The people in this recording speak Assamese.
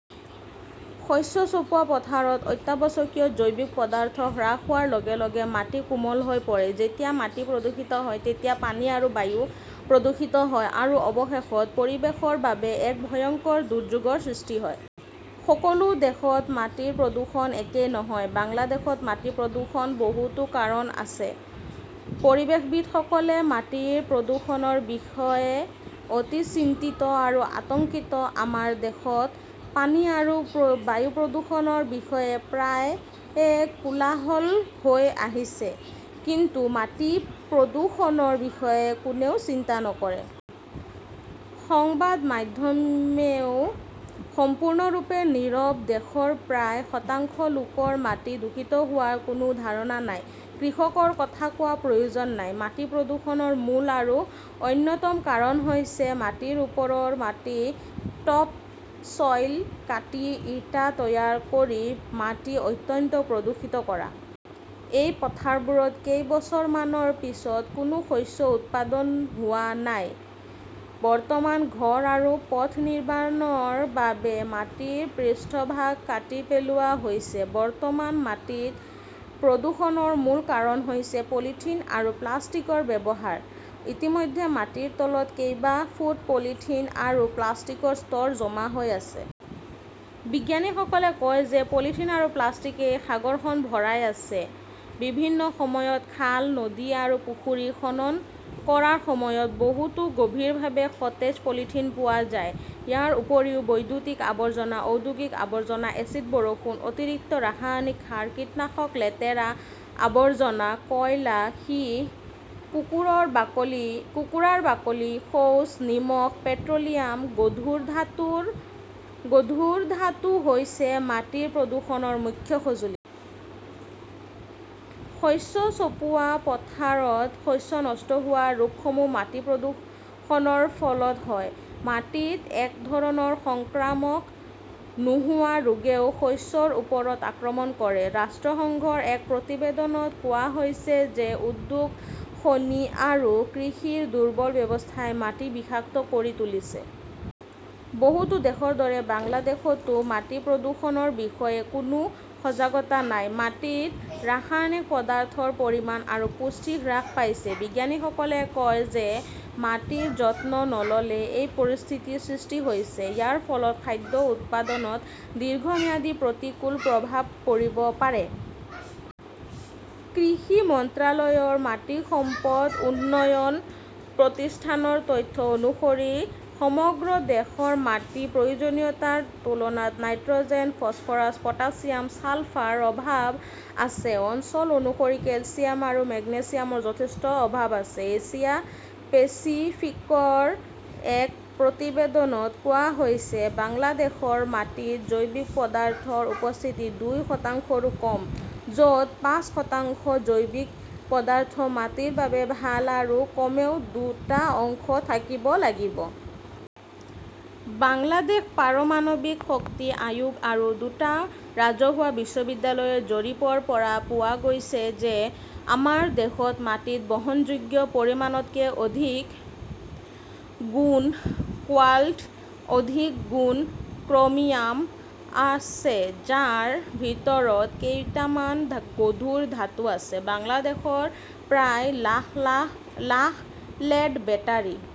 শস্য চপোৱা পথাৰত অত্যাৱশ্যকীয় জৈৱিক পদাৰ্থ হ্ৰাস হোৱাৰ লগে লগে মাটি কোমল হৈ পৰে। যেতিয়া মাটি প্ৰদূষিত হয় তেতিয়া পানী আৰু বায়ু প্ৰদূষিত হয় আৰু অৱশেষত পৰিৱেশৰ বাবে এক ভয়ংকৰ দুৰ্যোগৰ সৃষ্টি হয়। সকলো দেশত মাটিৰ প্ৰদূষণ একে নহয়। বাংলাদেশত মাটি প্ৰদূষণৰ বহুতো কাৰণ আছে। পৰিৱেশবিদসকলে মাটিৰ প্ৰদূষণৰ বিষয়ে অতি চিন্তিত আৰু আতংকিত। আমাৰ দেশত পানী আৰু বায়ু প্ৰদূষণৰ বিষয়ে প্ৰায়ে কোলাহল হৈ আহিছে। কিন্তু মাটিৰ প্ৰদূষণৰ বিষয়ে কোনেও চিন্তা নকৰে। সংবাদ মাধ্যমেও সম্পূৰ্ণৰূপে নীৰৱ। দেশৰ প্ৰায় শতাংশ লোকৰ মাটি দূষিত হোৱাৰ কোনো ধাৰণা নাই। কৃষকৰ কথা কোৱাৰ প্ৰয়োজন নাই। মাটি প্ৰদূষণৰ মূল আৰু অন্যতম কাৰণ হৈছে মাটিৰ ওপৰৰ মাটি 'টপ চ'ইল কাটি ইটা তৈয়াৰ কৰি মাটি অত্যন্ত প্ৰদূষিত কৰা। এই পথাৰবোৰত কেইবছৰমানৰ পিছতো কোনো শস্য উৎপাদন হোৱা নাই। বৰ্তমান ঘৰ আৰু পথ নিৰ্মাণৰ বাবে মাটিৰ পৃষ্ঠভাগ কাটি পেলোৱা হৈছে। বৰ্তমান মাটি প্ৰদূষণৰ মূল কাৰণ হৈছে পলিথিন আৰু প্লাষ্টিকৰ ব্যৱহাৰ। ইতিমধ্যে মাটিৰ তলত কেইবা ফুট পলিথিন আৰু প্লাষ্টিকৰ স্তৰ জমা হৈ আছে। বিজ্ঞানীসকলে কয় যে পলিথিন আৰু প্লাষ্টিকেই সাগৰখন ভৰাই আছে। বিভিন্ন সময়ত খাল, নদী আৰু পুখুৰী খনন কৰাৰ সময়ত বহুতো গভীৰভাৱে সতেজ পলিথিন পোৱা যায়। ইয়াৰ উপৰিও বৈদ্যুতিক আৱৰ্জনা, ঔদ্যোগিক আৱৰ্জনা, এচিড বৰষুণ, অতিৰিক্ত ৰাসায়নিক সাৰ, কীটনাশক, লেতেৰা আৱৰ্জনা, কয়লা, সীহ, কুকুৰাৰ বাকলি, শৌচ, নিমখ, পেট্ৰ'লিয়াম, গধুৰ ধাতু হৈছে মাটি প্ৰদূষণৰ মুখ্য সঁজুলি। শস্য চপোৱা পথাৰত শস্য নষ্ট হোৱা ৰোগসমূহ মাটি প্ৰদূষণৰ ফলত হয়। মাটিত এক ধৰণৰ সংক্ৰামক নোহোৱা ৰোগেও শস্যৰ ওপৰত আক্ৰমণ কৰে। ৰাষ্ট্ৰসংঘৰ এক প্ৰতিবেদনত কোৱা হৈছে যে উদ্যোগ, খনি আৰু কৃষিৰ দুৰ্বল ব্যৱস্থাই মাটি বিষাক্ত কৰি তুলিছে। বহুতো দেশৰ দৰে বাংলাদেশতো মাটি প্ৰদূষণৰ বিষয়ে কোনো সজাগতা নাই। মাটিত ৰাসায়নিক পদাৰ্থৰ পৰিমাণ আৰু পুষ্টি হ্ৰাস পাইছে। বিজ্ঞানীসকলে কয় যে মাটিৰ যত্ন নল'লে এনে পৰিস্থিতিৰ সৃষ্টি হৈছে। ইয়াৰ ফলত খাদ্য উৎপাদনত দীৰ্ঘম্যাদী প্ৰতিকূল প্ৰভাৱ পৰিব পাৰে। কৃষি মন্ত্ৰালয়ৰ মাটি সম্পদ উন্নয়ন প্ৰতিষ্ঠানৰ তথ্য অনুসৰি সমগ্ৰ দেশৰ মাটিত প্ৰয়োজনীয়তাৰ তুলনাত নাইট্ৰ'জেন, ফছফৰাছ, পটাছিয়াম, ছালফাৰ অভাৱ আছে। অঞ্চল অনুসৰি কেলচিয়াম আৰু মেগনেছিয়ামৰ যথেষ্ট অভাৱ আছে। এছিয়া পেচিফিকৰ এক প্ৰতিবেদনত কোৱা হৈছে, বাংলাদেশৰ মাটিত জৈৱিক পদাৰ্থৰ উপস্থিতি দুই শতাংশৰো কম, য 'ত পাঁচ শতাংশ জৈৱিক পদাৰ্থ মাটিৰ বাবে ভাল আৰু কমেও দুটা অংশ থাকিব লাগিব। বাংলাদেশ পাৰমাণৱিক শক্তি আয়োগ আৰু দুটা ৰাজহুৱা বিশ্ববিদ্যালয়ৰ জৰীপৰ পৰা পোৱা গৈছে যে আমাৰ দেশৰ মাটিত বহনযোগ্য পৰিমাণতকৈ অধিক গুণ কোৱাল্ট, অধিক গুণ ক্ৰমিয়াম আছে, যাৰ ভিতৰত কেইটামান গধুৰ ধাতু আছে। বাংলাদেশৰ প্ৰায় লাখ লেড বেটাৰী